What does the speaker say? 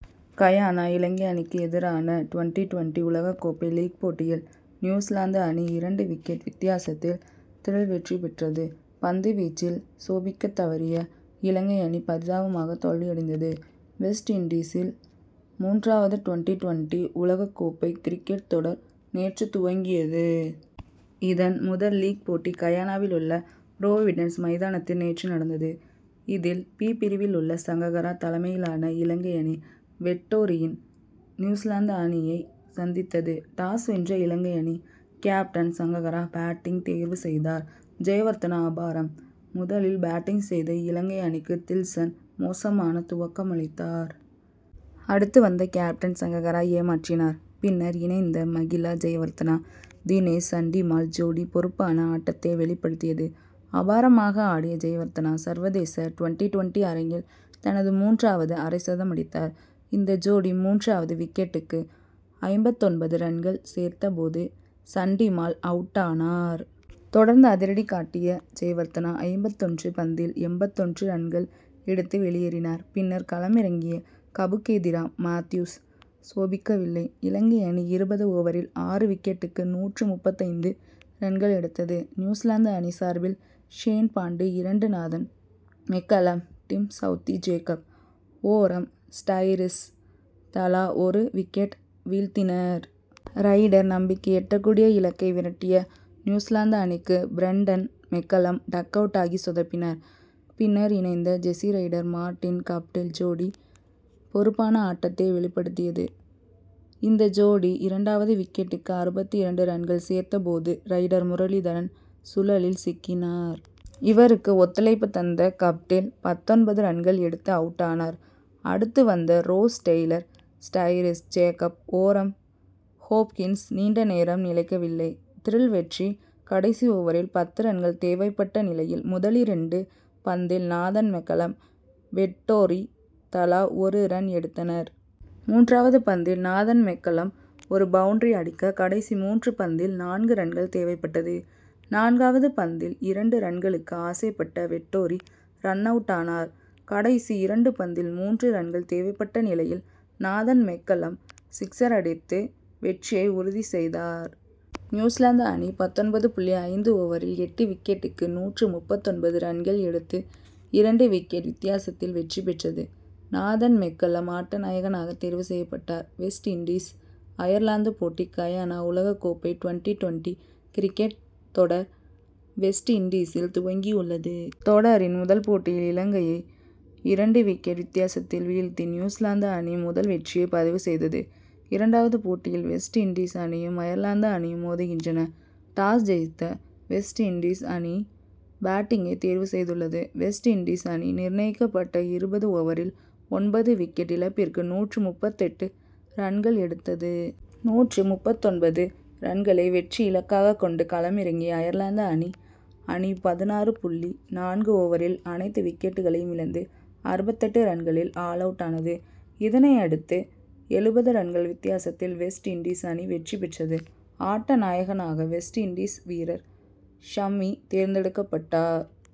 Guyana Ilangai அணிக்கு எதிரான twenty twenty உலக கோப்பை லீக் போட்டியில் நியூசிலாந்து அணி இரண்டு விக்கெட் வித்தியாசத்தில் திரில் வெற்றி பெற்றது. பந்துவீச்சில் சோபிக்கத்தவறிய இலங்கை அணி பரிதாபமாக தோல்வியடைந்தது. வெஸ்ட் இண்டீசில் மூன்றாவது டுவென்டி-டுவென்டி உலக கோப்பை கிரிக்கெட் தொடர் நேற்று துவங்கியது. இதன் முதல் லீக் போட்டி கயானாவில் உள்ள புரோவிடன்ஸ் மைதானத்தில் நேற்று நடந்தது. இதில் பி பிரிவில் உள்ள சங்ககரா தலைமையிலான இலங்கை அணி வெட்டோரியின் நியூசிலாந்து அணியை சந்தித்தது. டாஸ் வென்ற இலங்கை அணி கேப்டன் சங்ககரா பேட்டிங் தேர்வு செய்தார். ஜெயவர்தனா அபாரம் முதலில் பேட்டிங் செய்த இலங்கை அணிக்கு தில்ஷன் மோசமான துவக்கம் அளித்தார். அடுத்து வந்த கேப்டன் சங்ககரா ஏமாற்றினார். பின்னர் இணைந்த மகிலா ஜெயவர்தனா தினேஷ் சண்டிமால் ஜோடி பொறுப்பான ஆட்டத்தை வெளிப்படுத்தியது. அபாரமாக ஆடிய ஜெயவர்தனா சர்வதேச டுவென்டி-டுவென்டி அரங்கில் தனது மூன்றாவது அரைசதமடித்தார். இந்த ஜோடி மூன்றாவது விக்கெட்டுக்கு ஐம்பத்தொன்பது ரன்கள் சேர்த்த போது சண்டிமால் அவுட்டானார். தொடர்ந்து அதிரடி காட்டிய ஜெயவர்தனா ஐம்பத்தொன்று பந்தில் எண்பத்தொன்று ரன்கள் எடுத்து வெளியேறினார். பின்னர் களமிறங்கிய கபுகேதிரா மாத்யூஸ் சோபிக்கவில்லை. இலங்கை அணி இருபது ஓவரில் ஆறு விக்கெட்டுக்கு நூற்று முப்பத்தைந்து ரன்கள் எடுத்தது. நியூசிலாந்து அணி சார்பில் ஷேன் பாண்டு இரண்டு Nathan McCullum Tim Southee Jacob Oram Styris தலா ஒரு விக்கெட் வீழ்த்தினர். ரைடர் நம்பிக்கை எட்டக்கூடிய இலக்கை விரட்டிய நியூசிலாந்து அணிக்கு பிரண்டன் மெக்கலம் டக்-அவுட்டாகி சொதப்பினார். பின்னர் இணைந்த ஜெசி ரைடர் மார்டின் கப்டில் ஜோடி பொறுப்பான ஆட்டத்தை வெளிப்படுத்தியது. இந்த ஜோடி இரண்டாவது விக்கெட்டுக்கு அறுபத்து இரண்டு ரன்கள் சேர்த்த போது ரைடர் முரளிதரன் சுழலில் சிக்கினார். இவருக்கு ஒத்துழைப்பு தந்த கப்டில் பத்தொன்பது ரன்கள் எடுத்து அவுட்டானார். அடுத்து வந்த Ross Taylor Styris Jacob Oram Hopkins நீண்டநேரம் நிலைக்கவில்லை. திரில் வெற்றி கடைசி ஓவரில் பத்து ரன்கள் தேவைப்பட்ட நிலையில் முதலிரண்டு பந்தில் நாதன் மெக்கலம் வெட்டோரி தலா ஒரு ரன் எடுத்தனர். மூன்றாவது பந்தில் நாதன் மெக்கலம் ஒரு பவுண்டரி அடிக்க கடைசி மூன்று பந்தில் நான்கு ரன்கள் தேவைப்பட்டது. நான்காவது பந்தில் இரண்டு ரன்களுக்கு ஆசைப்பட்ட வெட்டோரி ரன்-அவுட்டானார். கடைசி இரண்டு பந்தில் மூன்று ரன்கள் தேவைப்பட்ட நிலையில் நாதன் மெக்கலம் சிக்சர் அடித்து வெற்றியை உறுதி செய்தார். நியூசிலாந்து அணி பத்தொன்பது புள்ளி ஐந்து ஓவரில் எட்டு விக்கெட்டுக்கு நூற்று முப்பத்தொன்பது ரன்கள் எடுத்து இரண்டு விக்கெட் வித்தியாசத்தில் வெற்றி பெற்றது. நாதன் மெக்கலம் ஆட்டநாயகனாக தேர்வு செய்யப்பட்டார். வெஸ்ட் இண்டீஸ் அயர்லாந்து போட்டி கயானா உலககோப்பை டுவென்டி-டுவென்டி கிரிக்கெட் தொடர் வெஸ்ட் இண்டீசில் துவங்கியுள்ளது. தொடரின் முதல் போட்டியில் இலங்கையை இரண்டு விக்கெட் வித்தியாசத்தில் வீழ்த்தி நியூசிலாந்து அணி முதல் வெற்றியை பதிவு செய்தது. இரண்டாவது போட்டியில் வெஸ்ட் இண்டீஸ் அணியும் அயர்லாந்து அணியும் மோதுகின்றன. டாஸ் ஜெயித்த வெஸ்ட் இண்டீஸ் அணி பேட்டிங்கை தேர்வு செய்துள்ளது. வெஸ்ட் இண்டீஸ் அணி நிர்ணயிக்கப்பட்ட இருபது ஓவரில் ஒன்பது விக்கெட் இழப்பிற்கு நூற்று முப்பத்தெட்டு ரன்கள் எடுத்தது. நூற்று முப்பத்தொன்பது ரன்களை வெற்றி இலக்காக கொண்டு களமிறங்கிய அயர்லாந்து அணி அணி பதினாறு புள்ளி நான்கு ஓவரில் அனைத்து விக்கெட்களையும் இழந்து அறுபத்தெட்டு ரன்களில் ஆல் அவுட் ஆனது. இதனையடுத்து எழுபது ரன்கள் வித்தியாசத்தில் வெஸ்ட் இண்டீஸ் அணி வெற்றி பெற்றது. ஆட்ட நாயகனாக வெஸ்ட் இண்டீஸ் வீரர் ஷம்மி தேர்ந்தெடுக்கப்பட்டார்.